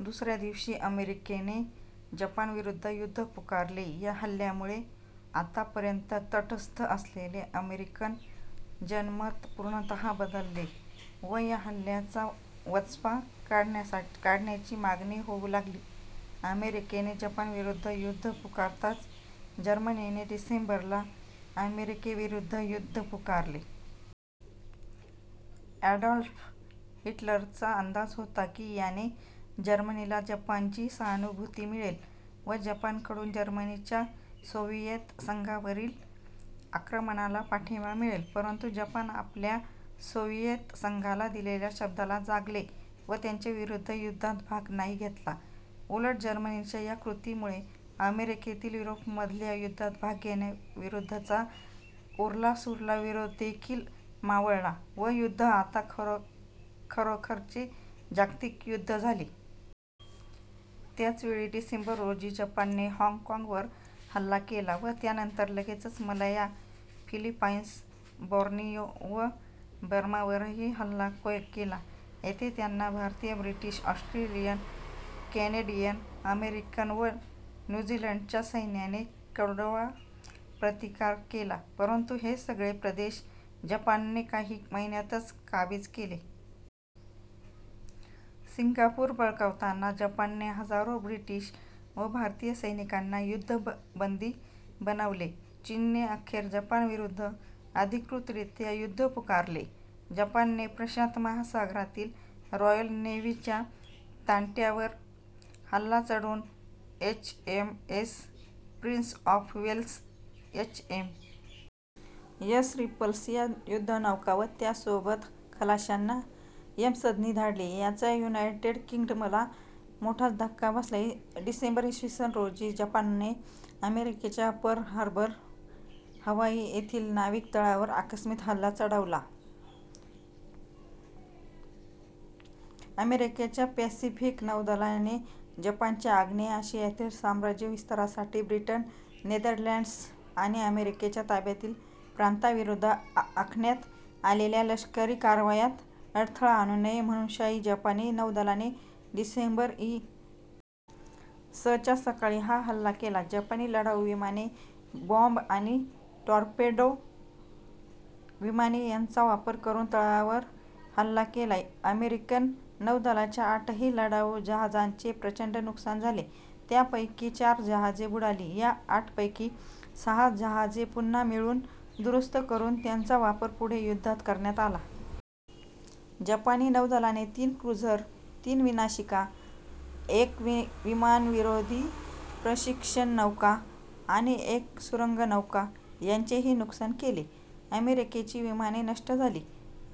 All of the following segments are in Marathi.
दुसऱ्या दिवशी अमेरिकेने जपानविरुद्ध युद्ध पुकारले. या हल्ल्यामुळे आत्तापर्यंत तटस्थ असलेले अमेरिकन जनमत पूर्णतः बदलले व या हल्ल्याचा वचपा काढण्याची मागणी होऊ लागली. अमेरिकेने जपानविरुद्ध युद्ध पुकारताच जर्मनीने डिसेंबर ला अमेरिकेविरुद्ध युद्ध पुकारले. ॲडॉल्फ हिटलरचा अंदाज होता की याने जर्मनीला जपानची सहानुभूती मिळेल व जपानकडून जर्मनीच्या सोव्हिएत संघावरील आक्रमणाला पाठिंबा मिळेल. परंतु जपान आपल्या सोव्हिएत संघाला दिलेल्या शब्दाला जागले व त्यांच्याविरुद्ध युद्धात भाग नाही घेतला. उलट, जर्मनीच्या या कृतीमुळे अमेरिकेतील युरोपमधल्या युद्धात भाग घेण्याविरुद्धचा उरलासुरला विरोधदेखील मावळला व युद्ध आता खरोखरचे जागतिक युद्ध झाले. त्याचवेळी डिसेंबर रोजी जपानने हॉंग कॉंगवर हल्ला केला व त्यानंतर लगेचच मलाया, फिलिपाईन्स, बॉर्नियो व बर्मावरही हल्ला केला. येथे त्यांना भारतीय, ब्रिटिश, ऑस्ट्रेलियन, केनेडीयन, अमेरिकन व न्यू झीलंडच्या सैन्याने कडवा प्रतिकार केला परंतु हे सगळे प्रदेश जपानने काही महिन्यातच काबीज केले. सिंगापूर बळकावताना जपानने हजारो ब्रिटिश व भारतीय सैनिकांना युद्धबंदी बनवले. चीनने अखेर जपानविरुद्ध अधिकृतरीत्या युद्ध पुकारले. जपानने प्रशांत महासागरातील रॉयल नेव्हीच्या तांड्यावर हल्ला चढवून H. M. S. Prince of Wales, H. M. S. Repulse या युद्धनौका व त्यासोबत खलाश्यांना यमसदनी धाडले. याचा युनायटेड किंग्डमला मोठाच धक्का बसला. डिसेंबर, इ. स. रोजी जपानाने अमेरिकेच्या पर्ल हार्बर, हवाई येथील नाविक तळावर आकस्मिक हल्ला चढवला. अमेरिकेच्या पॅसिफिक नौदलाने जपानाच्या आग्नेय आशियातील साम्राज्यविस्तारासाठी ब्रिटन, नेदरलँड्स् आणि अमेरिकेच्या ताब्यातील प्रांतांविरुद्ध आखण्यात आलेल्या लष्करी कारवायांत अडथळा आणू नये, म्हणून शाही जपानी नौदलाने डिसेंबर, इ. स. च्या सकाळी हा हल्ला केला. जपानी लढाऊ विमाने, बॉंब आणि टॉर्पेडो विमाने यांचा वापर करून तळावर हल्ला केला. अमेरिकन नौदलाच्या आठही लढाऊ जहाजांचे प्रचंड नुकसान झाले. त्यांपैकी चार जहाजे बुडाली. या आठपैकी सहा जहाजे पुन्हा मिळवून्, दुरुस्त करून त्यांचा वापर पुढे युद्धात करण्यात आला. जपानी नौदलाने तीन क्रूझर, तीन विनाशिका, एक विमानविरोधी प्रशिक्षण नौका आणि एक सुरूंगनौका यांचेही नुकसान केले. अमेरिकेची विमाने नष्ट झाली,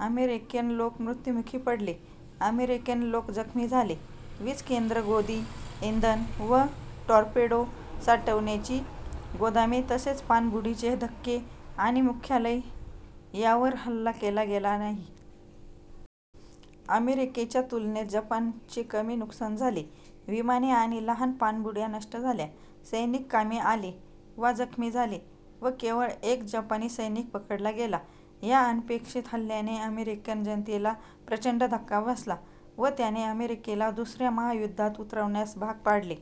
अमेरिकन लोक मृत्युमुखी पडले, अमेरिकन लोक जखमी झाले. वीजकेंद्र, गोदी, इंधन व टॉर्पेडो साठवण्याची गोदामे तसेच, पाणबुडीचे धक्के आणि मुख्यालय यांवर हल्ला केला गेला नाही. अमेरिकेच्या तुलनेत जपानाचे कमी नुकसान झाले: विमाने आणि लहान पाणबुड्या नष्ट झाल्या, सैनिक कामी आले वा जखमी झाले व केवळ् एक जपानी सैनिक पकडला गेला. ह्या अनपेक्षित हल्ल्याने अमेरिकन जनतेला प्रचंड धक्का बसला व त्याने अमेरिकेला दुसऱ्या महायुद्धात उतरण्यास भाग पाडले.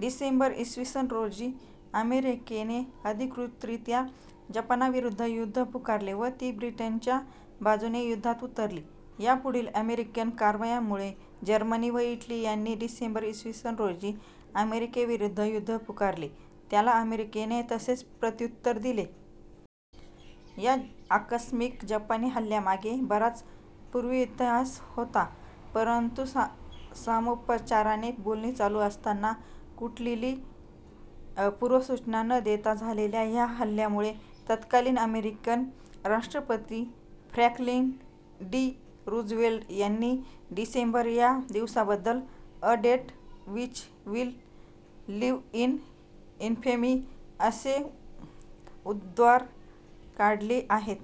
डिसेंबर, इ. स. रोजी अमेरिकेने अधिकृतरीत्या जपानाविरुद्ध युद्ध पुकारले व ती ब्रिटनाच्या बाजूने युद्धात उतरली. यापुढील अमेरिकन कारवायांमुळे जर्मनी व इटली यांनी डिसेंबर, इ. स. रोजी अमेरिकेविरुद्ध युद्ध पुकारले. त्याला अमेरिकेने तसेच प्रत्युत्तर दिले. या आकस्मिक जपानी हल्ल्यामागे बराच पूर्वेतिहास होता, परंतु, सामोपचाराने बोलणी चालू असताना, कुठलीली पूर्वसूचना न देता झालेल्या ह्या हल्ल्यामुळे तत्कालीन अमेरिकन साष्ट्रपती फ्रॅंकलिन डी. रूझवेल्ट यांनी डिसेंबर, या दिवसाबद्दल 'a date which will live in infamy' असे उद्गार काढले आहेत.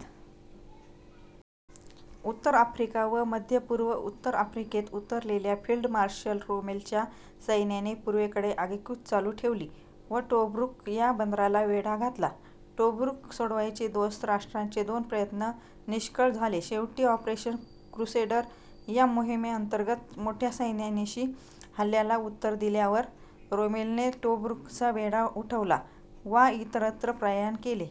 उत्तर आफ्रिका व मध्यपूर्व उत्तर आफ्रिकेत उतरलेल्या फील्ड मार्शल रोमेलच्या सैन्याने पूर्वेकडे आगेकूच चालू ठेवली व टोब्रुक या बंदराला वेढा घातला. टोब्रुक सोडवायचे दोस्त राष्ट्रांचे दोन प्रयत्न निष्फळ झाले शेवटी ऑपरेशन क्रुसेडर या मोहीमेंतर्गत मोठ्या सैन्यानिशी हल्ल्याला उत्तर दिल्यावर रोमेलने टोब्रुकचा वेढा उठवला वा इतरत्र प्रयाण केले.